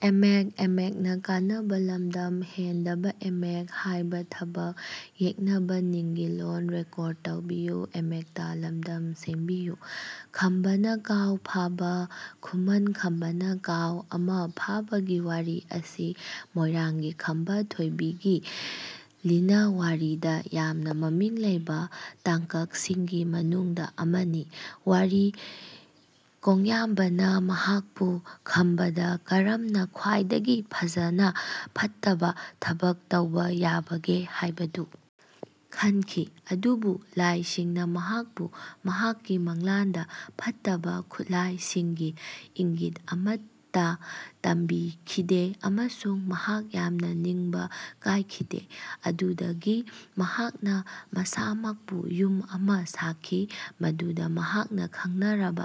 ꯈꯝꯕꯅ ꯀꯥꯎ ꯐꯥꯕ ꯈꯨꯃꯟ ꯈꯝꯕꯅ ꯀꯥꯎ ꯑꯃ ꯐꯥꯕꯒꯤ ꯋꯥꯔꯤ ꯑꯁꯤ ꯃꯣꯏꯔꯥꯡꯒꯤ ꯈꯝꯕ ꯊꯣꯏꯕꯤꯒꯤ ꯂꯤꯅꯋꯥꯔꯤꯗ ꯌꯥꯝꯅ ꯃꯃꯤꯡ ꯂꯩꯕ ꯇꯥꯡꯀꯛꯁꯤꯡꯒꯤ ꯃꯅꯨꯡꯗ ꯑꯃꯅꯤ ꯫ ꯋꯥꯔꯤ ꯀꯣꯡꯌꯥꯝꯕꯥꯅ ꯃꯍꯥꯛꯄꯨ ꯈꯝꯕꯥꯗ ꯀꯔꯝꯅ ꯈ꯭ꯋꯥꯏꯗꯒꯤ ꯐꯖꯅ ꯐꯠꯇꯕ ꯊꯕꯛ ꯇꯧꯕ ꯌꯥꯕꯒꯦ ꯍꯥꯏꯕꯗꯨ ꯈꯟꯈꯤ꯫ ꯑꯗꯨꯕꯨ ꯂꯥꯏꯁꯤꯡꯅ ꯃꯍꯥꯛꯄꯨ ꯃꯍꯥꯛꯀꯤ ꯃꯪꯂꯥꯟꯗ ꯐꯠꯇꯕ ꯈꯨꯠꯂꯥꯏꯁꯤꯡꯒꯤ ꯏꯪꯒꯤꯠ ꯑꯃꯠꯇ ꯇꯝꯕꯤꯈꯤꯗꯦ ꯑꯃꯁꯨꯡ ꯃꯍꯥꯛ ꯌꯥꯝꯅ ꯅꯤꯡꯕ ꯀꯥꯏꯈꯤꯗꯦ꯫ ꯑꯗꯨꯗꯒꯤ ꯃꯍꯥꯛꯅ ꯃꯁꯥꯃꯛꯄꯨ ꯌꯨꯝ ꯑꯃ ꯁꯥꯈꯤ ꯃꯗꯨꯗ ꯃꯍꯥꯛꯅ ꯈꯪꯅꯔꯕ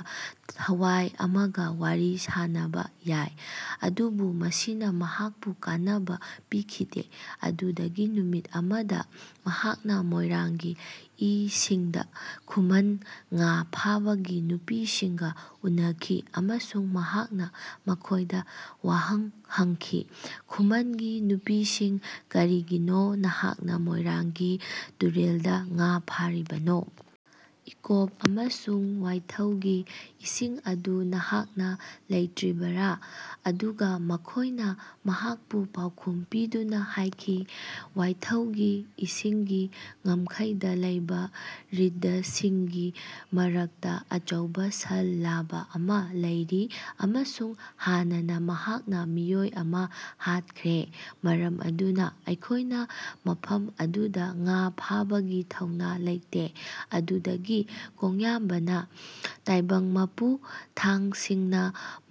ꯊꯋꯥꯏ ꯑꯃꯒ ꯋꯥꯔꯤ ꯁꯥꯅꯕ ꯌꯥꯏ ꯑꯗꯨꯕꯨ ꯃꯁꯤꯅ ꯃꯍꯥꯛꯄꯨ ꯀꯥꯟꯅꯕ ꯄꯤꯈꯤꯗꯦ꯫ ꯑꯗꯨꯗꯒꯤ ꯅꯨꯃꯤꯠ ꯑꯃꯗ ꯃꯍꯥꯛꯅ ꯃꯣꯏꯔꯥꯡꯒꯤ ꯏꯁꯤꯡꯗ ꯈꯨꯃꯟ ꯉꯥ ꯐꯥꯕꯒꯤ ꯅꯨꯄꯤꯁꯤꯡꯒ ꯎꯅꯈꯤ ꯑꯃꯁꯨꯡ ꯃꯍꯥꯛꯅ ꯃꯈꯣꯏꯗ ꯋꯥꯍꯪ ꯍꯪꯈꯤ꯫ ꯈꯨꯃꯟꯒꯤ ꯅꯨꯄꯤꯁꯤꯡ ꯀꯔꯤꯒꯤꯅꯣ ꯅꯍꯥꯛꯅ ꯃꯣꯏꯔꯥꯡꯒꯤ ꯇꯨꯔꯦꯜꯗ ꯉꯥ ꯐꯥꯔꯤꯕꯅꯣ? ꯏꯀꯣꯞ ꯑꯃꯁꯨꯡ ꯋꯥꯏꯊꯧꯒꯤ ꯏꯁꯤꯡ ꯑꯗꯨ ꯅꯍꯥꯛꯅ ꯂꯩꯇ꯭ꯔꯤꯕ꯭ꯔꯥ? ꯑꯗꯨꯒ ꯃꯈꯣꯏꯅ ꯃꯍꯥꯛꯄꯨ ꯄꯥꯎꯈꯨꯝ ꯄꯤꯗꯨꯅ ꯍꯥꯏꯈꯤ ꯋꯥꯏꯊꯧꯒꯤ ꯏꯁꯤꯡꯒꯤ ꯉꯝꯈꯩꯗ ꯂꯩꯕ ꯔꯤꯗꯁꯤꯡꯒꯤ ꯃꯔꯛꯇ ꯑꯆꯧꯕ ꯁꯟ ꯂꯥꯕ ꯑꯃ ꯂꯩꯔꯤ ꯑꯃꯁꯨꯡ ꯍꯥꯟꯅꯅ ꯃꯍꯥꯛꯅ ꯃꯤꯑꯣꯏ ꯑꯃ ꯍꯥꯠꯈ꯭ꯔꯦ꯫ ꯃꯔꯝ ꯑꯗꯨꯅ ꯑꯩꯈꯣꯏꯅ ꯃꯐꯝ ꯑꯗꯨꯗ ꯉꯥ ꯐꯥꯕꯒꯤ ꯊꯧꯅꯥ ꯂꯩꯇꯦ꯫ ꯑꯗꯨꯗꯒꯤ ꯀꯣꯡꯌꯥꯝꯕꯥꯅ ꯇꯥꯏꯕꯪ ꯃꯄꯨ ꯊꯥꯡꯆꯤꯡꯅ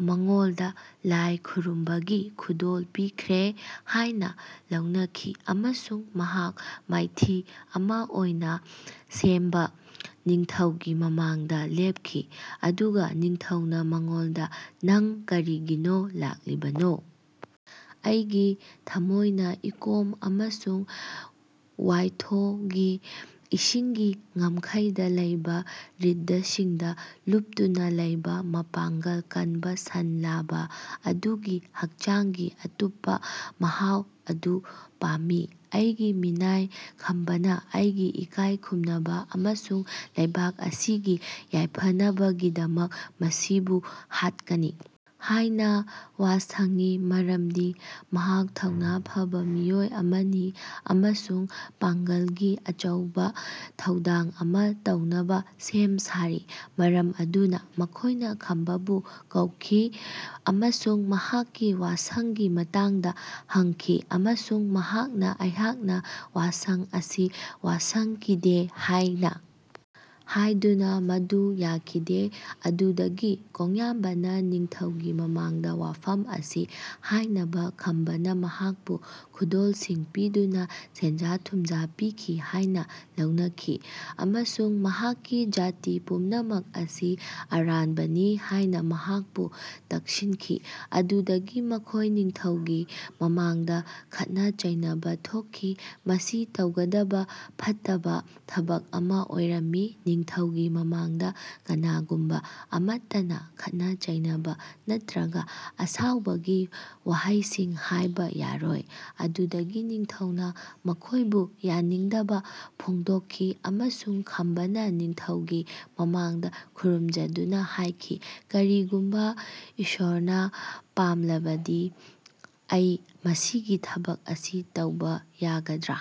ꯃꯉꯣꯟꯗ ꯂꯥꯏ ꯈꯨꯔꯨꯝꯕꯒꯤ ꯈꯨꯗꯣꯜ ꯄꯤꯈ꯭ꯔꯦ ꯍꯥꯏꯅ ꯂꯧꯅꯈꯤ ꯑꯃꯁꯨꯡ ꯃꯍꯥꯛ ꯃꯥꯏꯕꯤ ꯑꯃ ꯑꯣꯏꯅ ꯁꯦꯝꯕ ꯅꯤꯡꯊꯧꯒꯤ ꯃꯃꯥꯡꯗ ꯂꯦꯞꯈꯤ ꯑꯗꯨꯒ ꯅꯤꯡꯊꯧꯅ ꯃꯉꯣꯟꯗ ꯅꯪ ꯀꯔꯤꯒꯤꯅꯣ ꯂꯥꯛꯂꯤꯕꯅꯣ? ꯑꯩꯒꯤ ꯊꯃꯣꯏꯅ ꯏꯀꯣꯞ ꯑꯃꯁꯨꯡ ꯋꯥꯏꯊꯣꯒꯤ ꯏꯁꯤꯡꯒꯤ ꯉꯝꯈꯩꯗ ꯂꯩꯕ ꯔꯤꯗꯁꯤꯡꯗ ꯂꯨꯞꯇꯨꯅ ꯂꯩꯕ ꯃꯄꯥꯡꯒꯜ ꯀꯟꯕ ꯁꯟ ꯂꯥꯕ ꯑꯗꯨꯒꯤ ꯍꯛꯆꯥꯡꯒꯤ ꯑꯊꯨꯝꯕ ꯃꯍꯥꯎ ꯑꯗꯨ ꯄꯥꯝꯃꯤ꯫ ꯑꯩꯒꯤ ꯃꯤꯅꯥꯏ ꯈꯝꯕꯅ ꯑꯩꯒꯤ ꯏꯀꯥꯏ ꯈꯨꯝꯅꯕ ꯑꯃꯁꯨꯡ ꯂꯩꯕꯥꯛ ꯑꯁꯤꯒꯤ ꯌꯥꯏꯐꯅꯕꯒꯤꯗꯃꯛ ꯃꯁꯤꯕꯨ ꯍꯥꯠꯀꯅꯤ ꯍꯥꯏꯅ ꯋꯥꯁꯛꯏ ꯃꯔꯝꯗꯤ ꯃꯍꯥꯛ ꯊꯧꯅꯥ ꯐꯕ ꯃꯤꯑꯣꯏ ꯑꯃꯅꯤ ꯑꯃꯁꯨꯡ ꯄꯥꯡꯒꯜꯒꯤ ꯑꯆꯧꯕ ꯊꯧꯗꯥꯡ ꯑꯃ ꯇꯧꯅꯕ ꯁꯦꯝ ꯁꯥꯔꯤ꯫ ꯃꯔꯝ ꯑꯗꯨꯅ ꯃꯈꯣꯏꯅ ꯈꯝꯕꯕꯨ ꯀꯧꯈꯤ ꯑꯃꯁꯨꯡ ꯃꯍꯥꯛꯀꯤ ꯋꯥꯁꯛꯀꯤ ꯃꯇꯥꯡꯗ ꯍꯪꯈꯤ ꯑꯃꯁꯨꯡ ꯃꯍꯥꯛꯅ ꯑꯩꯍꯥꯛꯅ ꯋꯥꯁꯛ ꯑꯁꯤ ꯋꯥꯁꯛꯈꯤꯗꯦ ꯍꯥꯏꯅ ꯍꯥꯏꯗꯨꯅ ꯃꯗꯨ ꯌꯥꯈꯤꯗꯦ꯫ ꯑꯗꯨꯗꯒꯤ ꯀꯣꯡꯌꯥꯝꯕꯅ ꯅꯤꯡꯊꯧꯒꯤ ꯃꯃꯥꯡꯗ ꯋꯥꯐꯝ ꯑꯁꯤ ꯍꯥꯏꯅꯕ ꯈꯝꯕꯅ ꯃꯍꯥꯛꯄꯨ ꯈꯨꯗꯣꯜꯁꯤꯡ ꯄꯤꯗꯨꯅ ꯁꯦꯟꯖꯥ ꯊꯨꯝꯖꯥ ꯄꯤꯈꯤ ꯍꯥꯏꯅ ꯂꯧꯅꯈꯤ ꯑꯃꯁꯨꯡ ꯃꯍꯥꯛꯀꯤ ꯖꯥꯇꯤ ꯄꯨꯝꯅꯃꯛ ꯑꯁꯤ ꯑꯔꯥꯟꯕꯅꯤ ꯍꯥꯏꯅ ꯃꯍꯥꯛꯄꯨ ꯇꯛꯁꯤꯟꯈꯤ꯫ ꯑꯗꯨꯗꯒꯤ ꯃꯈꯣꯏ ꯅꯤꯡꯊꯧꯒꯤ ꯃꯃꯥꯡꯗ ꯈꯠꯅ ꯆꯩꯅꯕ ꯊꯣꯛꯈꯤ꯫ ꯃꯁꯤ ꯇꯧꯒꯗꯕ ꯐꯠꯇꯕ ꯊꯕꯛ ꯑꯃ ꯑꯣꯏꯔꯝꯃꯤ ꯅꯤꯡꯊꯧꯒꯤ ꯃꯃꯥꯡꯗ ꯀꯅꯥꯒꯨꯝꯕ ꯑꯃꯠꯇꯅ ꯈꯠꯅ ꯆꯩꯅꯕ ꯅꯠꯇ꯭ꯔꯒ ꯑꯁꯥꯎꯕꯒꯤ ꯋꯥꯍꯩꯁꯤꯡ ꯍꯥꯏꯕ ꯌꯥꯔꯣꯏ꯫ ꯑꯗꯨꯗꯒꯤ ꯅꯤꯡꯊꯧꯅ ꯃꯈꯣꯏꯕꯨ ꯌꯥꯅꯤꯡꯗꯕ ꯐꯣꯡꯗꯣꯛꯈꯤ ꯑꯃꯁꯨꯡ ꯈꯝꯕꯅ ꯅꯤꯡꯊꯧꯒꯤ ꯃꯃꯥꯡꯗ ꯈꯨꯔꯨꯝꯖꯗꯨꯅ ꯍꯥꯏꯈꯤ ꯀꯔꯤꯒꯨꯝꯕ ꯏꯁ꯭ꯋꯥꯔꯅ ꯄꯥꯝꯂꯕꯗꯤ ꯑꯩ ꯃꯁꯤꯒꯤ ꯊꯕꯛ ꯑꯁꯤ ꯇꯧꯕ ꯌꯥꯒꯗ꯭ꯔꯥ?